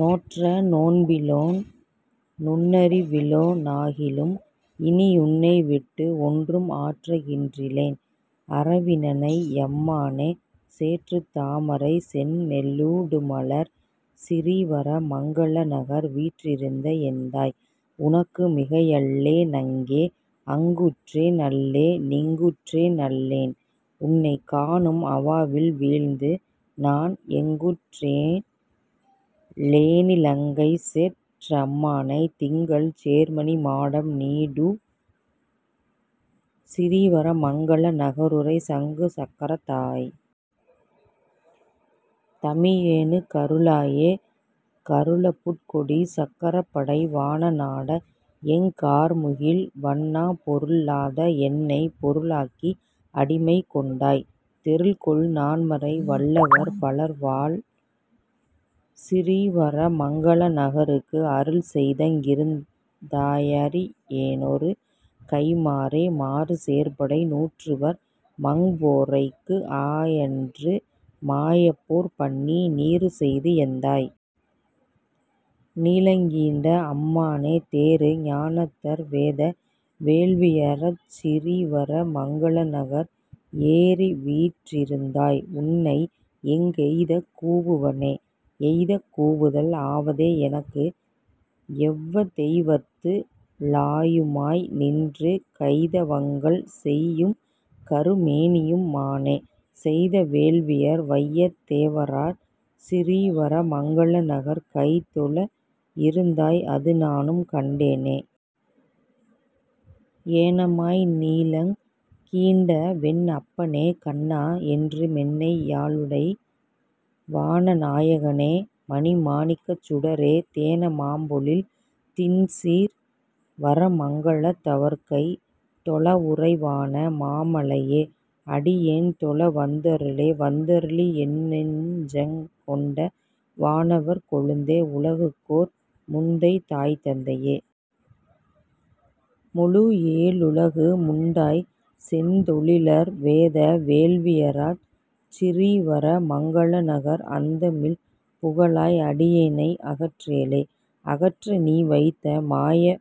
நோற்ற நோன்பிலேன் நுண்ணறி விலேனாகிலும் இனி யுன்னைவிட்டு, ஒன்றும் ஆற்ற கின்றிலேன் அரவினணை யம்மானே, சேற்றுத் தாமரை செந்நெ லூடுமலர் சிரீவர மங்கலநகர், வீற்றிருந்த எந்தாய். உனக்கு மிகையல்லே னங்கே.. அங்குற்றே னல்லே னிங்குற்றே னல்லேன் உன்னைக் காணும் அவாவில் விழந்து, நான் எங்குற் றேனுமல் லேனிலங்கைசெற்ற அம்மானே, திங்கள் சேர்மணி மாடம் நீடு சிரீவர மங்கல நகருறை, சங்கு சக்கரத் தாய். தமி யேனுக் கருளாயே.. கருள புட்கொடி சக்க ரப்படை வான நாட. எங் கார்முகில் வண்ணா, பொருளல் லாத என்னைப் பொருளாக்கி அடிமை கொண்டாய், தெருள்கொள் நான்மறை வல்லவர் பலர்வாழ் சிரீவர மங்கலநகர்க்கு, அருள்செய்தங்கிருந் தாயறி யேனொரு கைம்மாறே.. மாறு சேர்படை நூற்றுவர் மங்க வோரைவர்க்கு ஆயன்று மாயப்போர் பண்ணி, நீறு செய்த எந்தாய். நிலங்கீண்ட அம்மானே, தேறு ஞானத்தர் வேத வேள்வியறாச் சிரீவர மங்கலநகர், ஏறிவீற் றிருந்தாய். உன்னை எங்கெய்தக் கூவுவனே?. எய்தக் கூவுதல் ஆவதே எனக்கு? எவ்வதெய் வத்து ளாயுமாய் நின்று, கைத வங்கள்செய் யும்கரு மேனியம் மானே, செய்த வேள்வியர் வையத் தேவரறாச் சிரீவர மங்கலநகர், கைத்தொழ இருந்தாய் அதுநானும் கண்டேனே.. ஏன மாய்நிலங் கீண்டவென் அப்பனே. கண்ணா. என்று மென்னை யாளுடை, வானநா யகனே. மணிமா ணிக்கச் சுடரே, தேன மாம்பொழில் திண்சிரீ வரமங்கலத் தவர்க்கை தொழவுறை வான மாமலை யே. அடி யேன்தொழ வந்தருளே.. வந்தருளி யென்னெஞ் சிடங்கொண்ட வானவர் கொழுந்தே, உலகுக்கோர் முந்தைத் தாய்தந்தை யே. முழு ஏழுலகு முண்டாய், செந்தொ ழில வேத வேள்வியறாச் சிரீவர மங்கலநகர், அந்தமில் புகழாய். அடியேனை அகற்றேலே.. அகற்ற நீவைத்த மாயவல்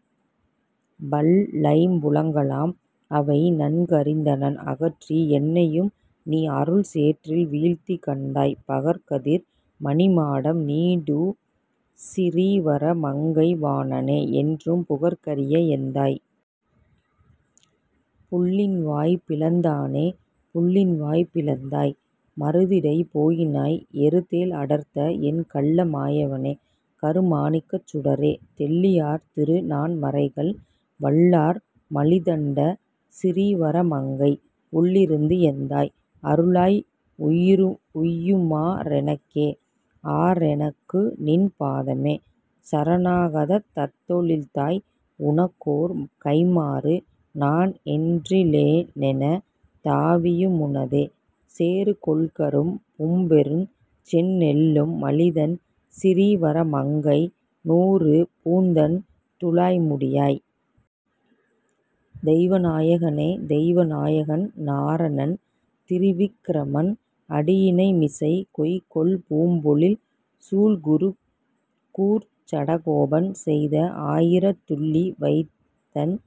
லைம்புலங்களாம் அவை நன்கறிந்தனன், அகற்றி என்னையும் நீஅருஞ் சேற்றில் வீழ்த்தி கண்டாய், பகற்கதிர் மணிமாடம் நீடு சிரீவர மங்கை வாணனே, என்றும் புகற்கரிய எந்தாய். புள்ளின்வாய் பிளந்தானே.. புள்ளின்வாய் பிளந்தாய். மருதிடை போயினாய். எருதேழ் அடர்த்த, என் கள்ள மாயவனே. கருமாணிக்கச் சுடரே, தெள்ளியார் திருநான் மறைகள் வல்லார் மலிதண் சிரீவர மங்கை, உள்ளிருந்த எந்தாய். அருளாய் உய்யுமா றெனக்கே.. ஆறெ னக்குநின் பாதமே சரணாகத் தந்தொழிந்தாய், உனக் கோர் கைம் மாறு நானொன் றிலேனென தாவியு முனதே, சேரு கொள்கரும் பும்பெருஞ் செந்நெல்லும் மலிதண் சிரீவர மங்கை நாறு பூந்தண் துழாய்முடி யாய். தெய்வ நாயகனே. தெய்வ நாயகன் நாரணன் திரிவிக்கிரமன் அடியிணைமிசை, கொய்கொள் பூம்பொழில் சூழ்குரு கூர்ச்சட கோபன் செய்த ஆயிரத் துள்ளிவை தண்சீரீ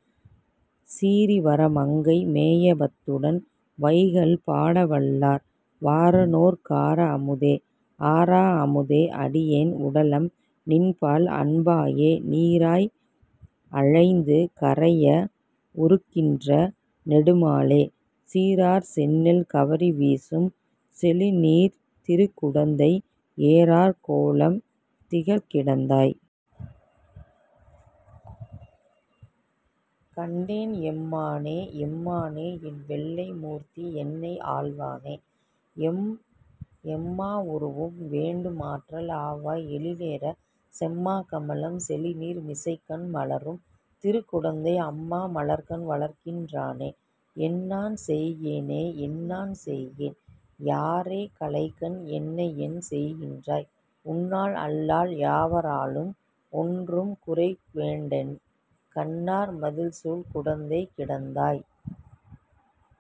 வரமங்கை மேய பத்துடன், வைகல் பாட வல்லார் வாரனோர்க் காரா அமுதே. ஆரா அமுதே. அடியேன் உடலம் நின்பால் அன்பாயே, நீராய் அலைந்து கரைய வுருக்குகின்ற நெடுமாலே, சீரார் செந்நெல் கவரி வீசும் செழுநீர்க் திருகுடந்தை, ஏரார் கோலம் திகழக் கிடந்தாய். கண்டேன் எம்மானே.. எம்மா னே. என் வெள்ளை மூர்த்தி. என்னை ஆள்வானே, எம்மா வுருவும் வேண்டு மாற்றால் ஆவாய் எழிலேறே, செம்மா கமலம் செழுநீர் மிசைக்கண்மலரும் திருக்குடந்தை, அம்மா மலர்க்கண் வளர்கின் றானே. என்நான் செய்கேனே.. என்நான் செய்கேன். யாரே களைகண்? என்னையென் செய்கின்றாய்? உன்னால் அல்லால் யாவ ராலும் ஒன்றும் குறைவேண்டேன், கன்னார் மதிள்சூழ் குடந்தைக் கிடந்தாய்.